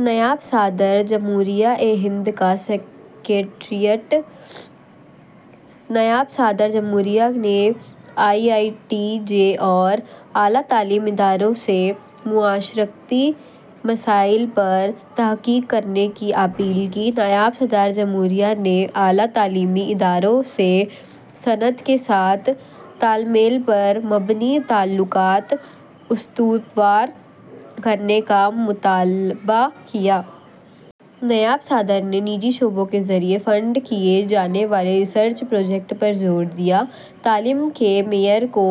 نائب صدر جمہوریہ ہند کا سکریٹریٹ نائب صدر جمہوریہ نے آئی آئی ٹیز اور اعلیٰ تعلیمی اداروں سے معاشرتی مسائل پر تحقیق کرنے کی اپیل کی۔ نائب صدر جمہوریہ نے اعلیٰ تعلیمی اداروں سے صنعت کے ساتھ تال میل پر مبنی تعلقات استوار کرنے کا مطالبہ کیا۔ نائب صدر نے نجی شعبے کے ذریعے فنڈ کیے جانے والے ریسرچ پروجیکٹوں پر زور دیا۔ تعلیم کے معیار کو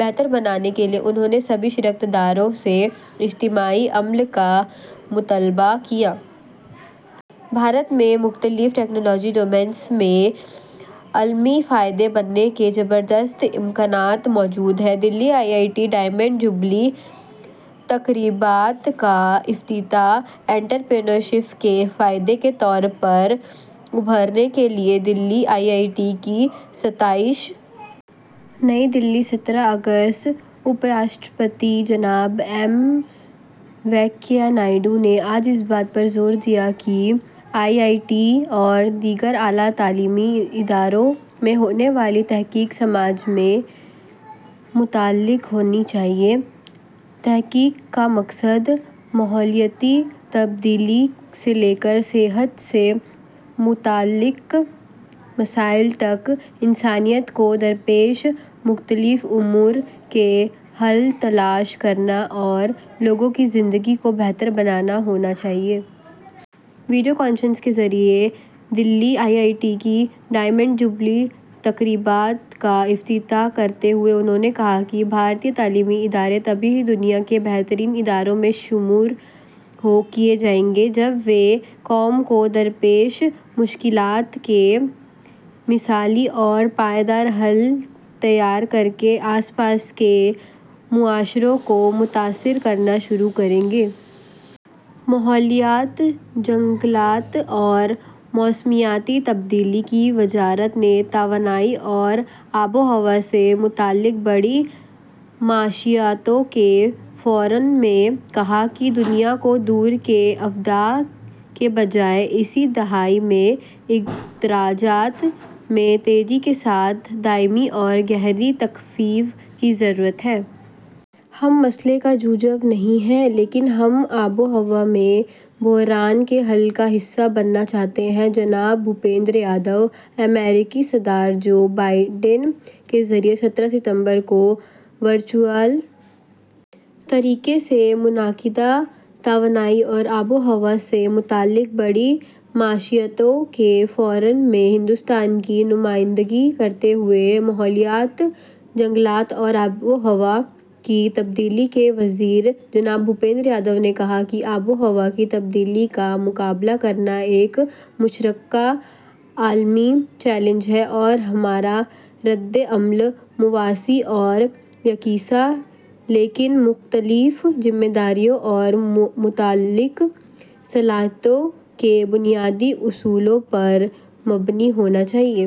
بہتر بنانے کے لیے انہوں نے سبھی شراکت داروں سے اجتماعی عمل کا مطالبہ کیا۔ بھارت میں مختلف ٹیکنالوجی ڈومینز میں عالمی قائد بننے کے زبردست امکانات موجود ہیں۔ Delhi I I T diamond jubilee تقریبات کا افتتاح۔ انٹرپرینیورشپ میں قائد کے طور پر ابھرنے کے لیے دلی آئی آئی ٹی کی ستائش۔ نئی دلی، سترہ اگست، نائب صدر جمہوریہ، جناب ایم وینکیا نائیڈو نے آج اس بات پر زور دیا کہ آئی آئی ٹی اور دیگر اعلیٰ تعلیمی اداروں میں ہونے والی تحقیق سماج سے متعلق ہونی چاہیے اور ماحولیاتی تبدیلی سے لے کر صحت سے متعلق مسائل تک انسانیت کو درپیش مختلف امور کے حل تلاش کرنے پر توجہ مرکوز ہونی چاہیے۔ ویڈیو کانفرنس کے ذریعے دلی آئی آئی ٹی کے ڈائمنڈ جبلی تقریبات کا افتتاح کرتے ہوئے انہوں نے کہا کہ بھارتی تعلیمی اداروں کو تبھی دنیا کے بہترین اداروں میں شمار کیا جائے گا، جب وہ قوم کو درپیش مشکلات کا مثالی اور پائیدار حل تیار کرکے آس پاس کے معاشروں کو متاثر کرنا شروع کریں گے۔ ماحولیات، جنگلات اور موسمیاتی تبدیلی کی وزارت توانائی اور آب و ہوا سے متعلق بڑی معیشتوں کے فورم میں بھارت نے کہا کہ دنیا کو دور کے اہداف کی بجائے اسی دہائی میں اخراج میں تیزی کے ساتھ دیرپا اور گہری تخفیف کی ضرورت ہے۔ ہم مسئلے کا جزو نہیں ہیں لیکن ہم آب و ہوا کے بحران کے حل کا حصہ بننا چاہتے ہیں: جناب بھوپیندر یادو۔ امریکی صدر جو بائیڈن کے ذریعے سترہ ستمبر کو ورچوئل طریقے سے منعقدہ توانائی اور آب و ہوا سے متعلق بڑی معیشتوں کے فورم میں بھارت کی نمائندگی کرتے ہوئے ماحولیات، جنگلات اور آب و ہوا کی تبدیلی کے وزیر جناب بھوپیندر یادو نے کہا کہ آب و ہوا کی تبدیلی کا مقابلہ کرنا ایک مشترکہ عالمی چیلنج ہے اور ہمارا ردعمل مساوی اور یکساں لیکن مختلف ذمہ داریوں اور متعلقہ صلاحیتوں کے بنیادی اصولوں پر مبنی ہونا چاہیے۔